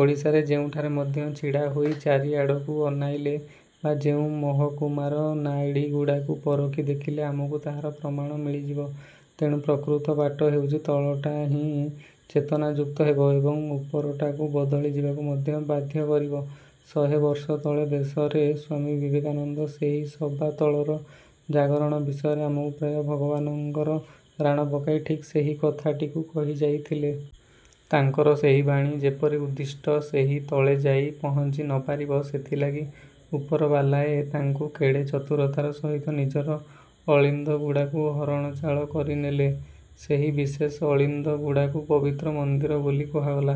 ଓଡ଼ିଶାରେ ଯେଉଁଠାରେ ମଧ୍ୟ ଛିଡ଼ା ହୋଇ ଚାରିଆଡ଼କୁ ଅନାଇଲେ ବା ଯେଉଁ ମହକୁମାର ନାଡ଼ିଗୁଡ଼ାକୁ ପରଖି ଦେଖିଲେ ଆମକୁ ତାହାର ପ୍ରମାଣ ମିଳିଯିବ। ତେଣୁ, ପ୍ରକୃତ ବାଟ ହେଉଚି, ତଳଟା ହିଁ ଚେତନାଯୁକ୍ତ ହେବ ଏବଂ ଉପରଟାକୁ ବଦଳି ଯିବାକୁ ବାଧ୍ୟ କରିବ। ଶହେବର୍ଷ ତଳେ ଦେଶରେ ସ୍ୱାମୀ ବିବେକାନନ୍ଦ ସେହି ସବାତଳର ଜାଗରଣ ବିଷୟରେ ଆମକୁ ପ୍ରାୟ ଭଗବାନଙ୍କର ରାଣ ପକାଇ ଠିକ୍ ସେହି କଥାଟିକୁ କହି ଯାଇଥିଲେ। ତାଙ୍କର ସେହି ବାଣୀ। ଯେପରି ଉଦ୍ଦିଷ୍ଟ ସେହି ତଳେ ଯାଇ ପହଞ୍ଚି ନପାରିବ, ସେଥିଲାଗି ଉପରବାଲାଏ ତାଙ୍କୁ କେଡ଼େ ଚତୁରତାର ସହିତ ନିଜର ଅଳିନ୍ଦଗୁଡ଼ାକୁ ହରଣଚାଳ କରିନେଲେ। ସେହି ବିଶେଷ ଅଳିନ୍ଦଗୁଡ଼ାକୁ ପବିତ୍ର ମନ୍ଦିର ବୋଲି କୁହାଗଲା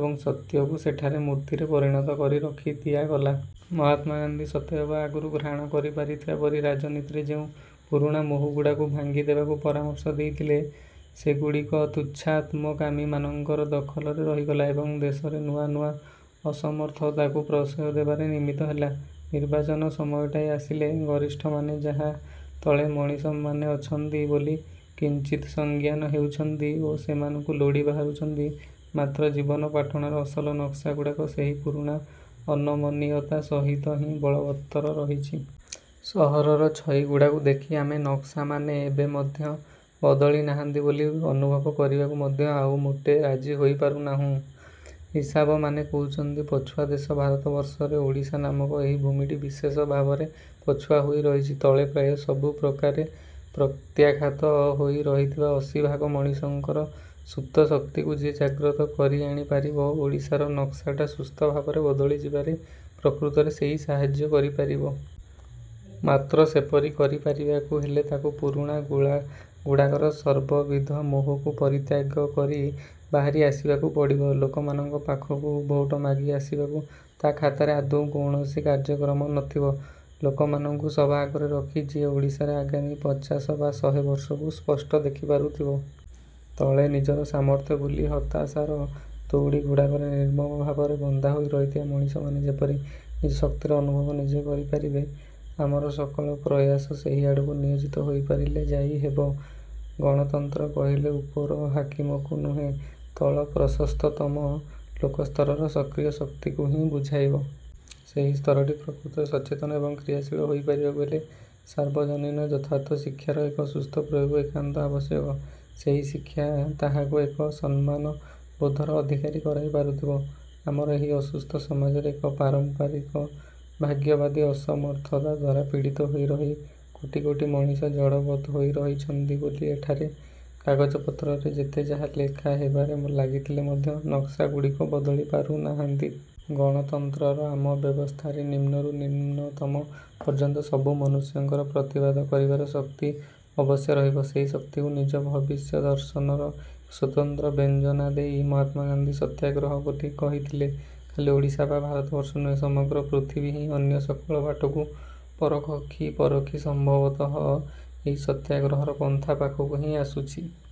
ଏବଂ ସତ୍ୟକୁ ସେଠାରେ ମୂର୍ତ୍ତିରେ ପରିଣତ କରି ରଖି ଦିଆଗଲା। ମହାତ୍ମା ଗାନ୍ଧୀ ସତେଅବା ଆଗରୁ ଘ୍ରାଣ କରି ପାରିଥିବା ପରି ରାଜନୀତିରେ ଯେଉଁ ପୁରୁଣା ମହୁଡ଼ଗୁଡ଼ାକୁ ଭାଙ୍ଗି ଦେବାକୁ ପରାମର୍ଶ ଦେଇଥିଲେ, ସେଗୁଡ଼ିକ ତୁଚ୍ଛା ଆତ୍ମକାମୀମାନଙ୍କର ଦଖଲରେ ରହିଗଲା ଏବଂ ଦେଶରେ ନୂଆ ନୂଆ ଅସମର୍ଥତାକୁ ପ୍ରଶ୍ରୟ ଦେବାରେ ନିମିତ୍ତ ହେଲା। ନିର୍ବାଚନ ସମୟଟାଏ ଆସିଲେ ଗରିଷ୍ଠମାନେ ଯାହା ତଳେ ମଣିଷମାନେ ଅଛନ୍ତି ବୋଲି କିଞ୍ଚିତ୍ ସଜ୍ଞାନ ହେଉଛନ୍ତି, ଓ ସେମାନଙ୍କୁ ଲୋଡ଼ି ବାହାରୁଛନ୍ତି, ମାତ୍ର ଜୀବନପାଟଣାର ଅସଲ ନକ୍ସାଗୁଡ଼ାକ ସେହି ପୁରୁଣା ଅନମନୀୟତା ସହିତ ହିଁ ବଳବତ୍ତର ରହିଛି। ସହରର ଛଇଗୁଡ଼ାକୁ ଦେଖି ଆମେ ନକ୍ସାମାନେ ଏବେ ମଧ୍ୟ ବଦଳି ନାହାନ୍ତି ବୋଲି ଅନୁଭବ କରିବାକୁ ମଧ୍ୟ ଆଉ ମୋଟେ ରାଜି ହୋଇପାରୁ ନାହୁଁ। ହିସାବମାନେ କହୁଚନ୍ତି, ପଛୁଆ ଦେଶ ଭାରତବର୍ଷରେ ଓଡ଼ିଶା ନାମକ ଏହି ଭୂମିଟି ବିଶେଷ ଭାବରେ ପଛୁଆ ହୋଇ ରହିଚି। ତଳେ ପ୍ରାୟ ସବୁପ୍ରକାରେ ପ୍ରତ୍ୟାଖ୍ୟାତ ହୋଇ ରହିଥିବା ଅଶୀଭାଗ ମଣିଷଙ୍କର ସୁପ୍ତ ଶକ୍ତିକୁ ଯିଏ ଜାଗ୍ରତ କରିଆଣି ପାରିବ, ଓଡ଼ିଶାର ନକ୍ସାଟା ସୁସ୍ଥ ଭାବରେ ବଦଳି ଯିବାରେ ପ୍ରକୃତରେ ସେଇ ସାହାଯ୍ୟ କରିପାରିବ। ମାତ୍ର, ସେପରି କରିପାରିବାକୁ ହେଲେ ତାକୁ ପୁରୁଣା ଗୁଳାଗୁଡ଼ାକର ସର୍ବବିଧ ମୋହକୁ ପରିତ୍ୟାଗ କରି ବାହାରି ଆସିବାକୁ ପଡ଼ିବ। ଲୋକମାନଙ୍କ ପାଖକୁ ଭୋଟ ମାଗି ଆସିବାକୁ ତା' ଖାତାରେ ଆଦୌ କୌଣସି କାର୍ଯ୍ୟକ୍ରମ ନଥିବ। ଲୋକମାନଙ୍କୁ ସବାଆଗରେ ରଖି ଯିଏ ଓଡ଼ିଶାରେ ଆଗାମୀ ପଚାଶ ବା ଶହେ ବର୍ଷକୁ ସ୍ପଷ୍ଟ ଦେଖି ପାରୁଥିବ। ତଳେ ନିଜର ସାମର୍ଥ୍ୟ ଭୁଲି ହତାଶାର ଦଉଡ଼ିଗୁଡ଼ାକରେ ନିର୍ମମ ଭାବରେ ବନ୍ଧାହୋଇ ରହିଥିବା ମଣିଷମାନେ ଯେପରି ନିଜ ଶକ୍ତିର ଅନୁଭବ ନିଜେ କରିପାରିବେ, ଆମର ସକଳ ପ୍ରୟାସ ସେହିଆଡ଼କୁ ନିୟୋଜିତ ହୋଇପାରିଲେ ଯାଇ ହେବ। ଗଣତନ୍ତ୍ର କହିଲେ ଉପର ହାକିମକୁ ନୁହେଁ, ତଳ ପ୍ରଶସ୍ତତମ ଲୋକସ୍ତରର ସକ୍ରିୟ ଶକ୍ତିକୁ ହିଁ ବୁଝାଇବ। ସେହି ସ୍ତରଟି ପ୍ରକୃତରେ ସଚେତନ ଏବଂ କ୍ରିୟାଶୀଳ ହୋଇପାରିବାକୁ ହେଲେ ,ସାର୍ବଜନୀନ ଯଥାର୍ଥ ଶିକ୍ଷାର ଏକ ସୁସ୍ଥ ପ୍ରୟୋଗ ଏକାନ୍ତ ଆବଶ୍ୟକ। ସେହି ଶିକ୍ଷା ତାହାକୁ ଏକ ସମ୍ମାନବୋଧର ଅଧିକାରୀ କରାଇ ପାରୁଥିବ। ଆମର ଏହି ଅସୁସ୍ଥ ସମାଜରେ ଏକ ପାରମ୍ପରିକ ଭାଗ୍ୟବାଦୀ ଅସମର୍ଥତା ଦ୍ଵାରା ପୀଡ଼ିତ ହୋଇ ରହି କୋଟି କୋଟି ମଣିଷ ଜଡ଼ବତ୍ ହୋଇ ରହିଛନ୍ତି, ବୋଲି ଏଠାରେ କାଗଜପତ୍ରରେ ଯେତେଯାହା ଲେଖାହେବାରେ ଲାଗିଥିଲେ ମଧ୍ୟ ନକ୍ସାଗୁଡ଼ିକ ବଦଳି ପାରୁନାହାନ୍ତି। ଗଣତନ୍ତ୍ରର ଆମ ବ୍ୟବସ୍ଥାରେ ନିମ୍ନରୁ ନିମ୍ନତମ ପର୍ଯ୍ୟନ୍ତ ସବୁ ମନୁଷ୍ୟଙ୍କର ପ୍ରତିବାଦ କରିବାର ଶକ୍ତି ଅବଶ୍ୟ ରହିବ। ସେହି ଶକ୍ତିକୁ ନିଜ ଭବିଷ୍ୟଦର୍ଶନର ଏକ ସ୍ୱତନ୍ତ୍ର ବ୍ୟଞ୍ଜନା ଦେଇ ମହାତ୍ମା ଗାନ୍ଧୀ ସତ୍ୟାଗ୍ରହ ବୋଲି କହିଥିଲେ। ଖାଲି ଓଡ଼ିଶା ବା ଭାରତବର୍ଷ ନୁହେଁ, ସମଗ୍ର ପୃଥବୀ ହିଁ ଅନ୍ୟ ସକଳ ବାଟକୁ ପରଖି ପରଖି ସମ୍ଭବତଃ ଏହି ସତ୍ୟାଗ୍ରହର ପନ୍ଥା ପାଖକୁ ହିଁ ଆସୁଚି।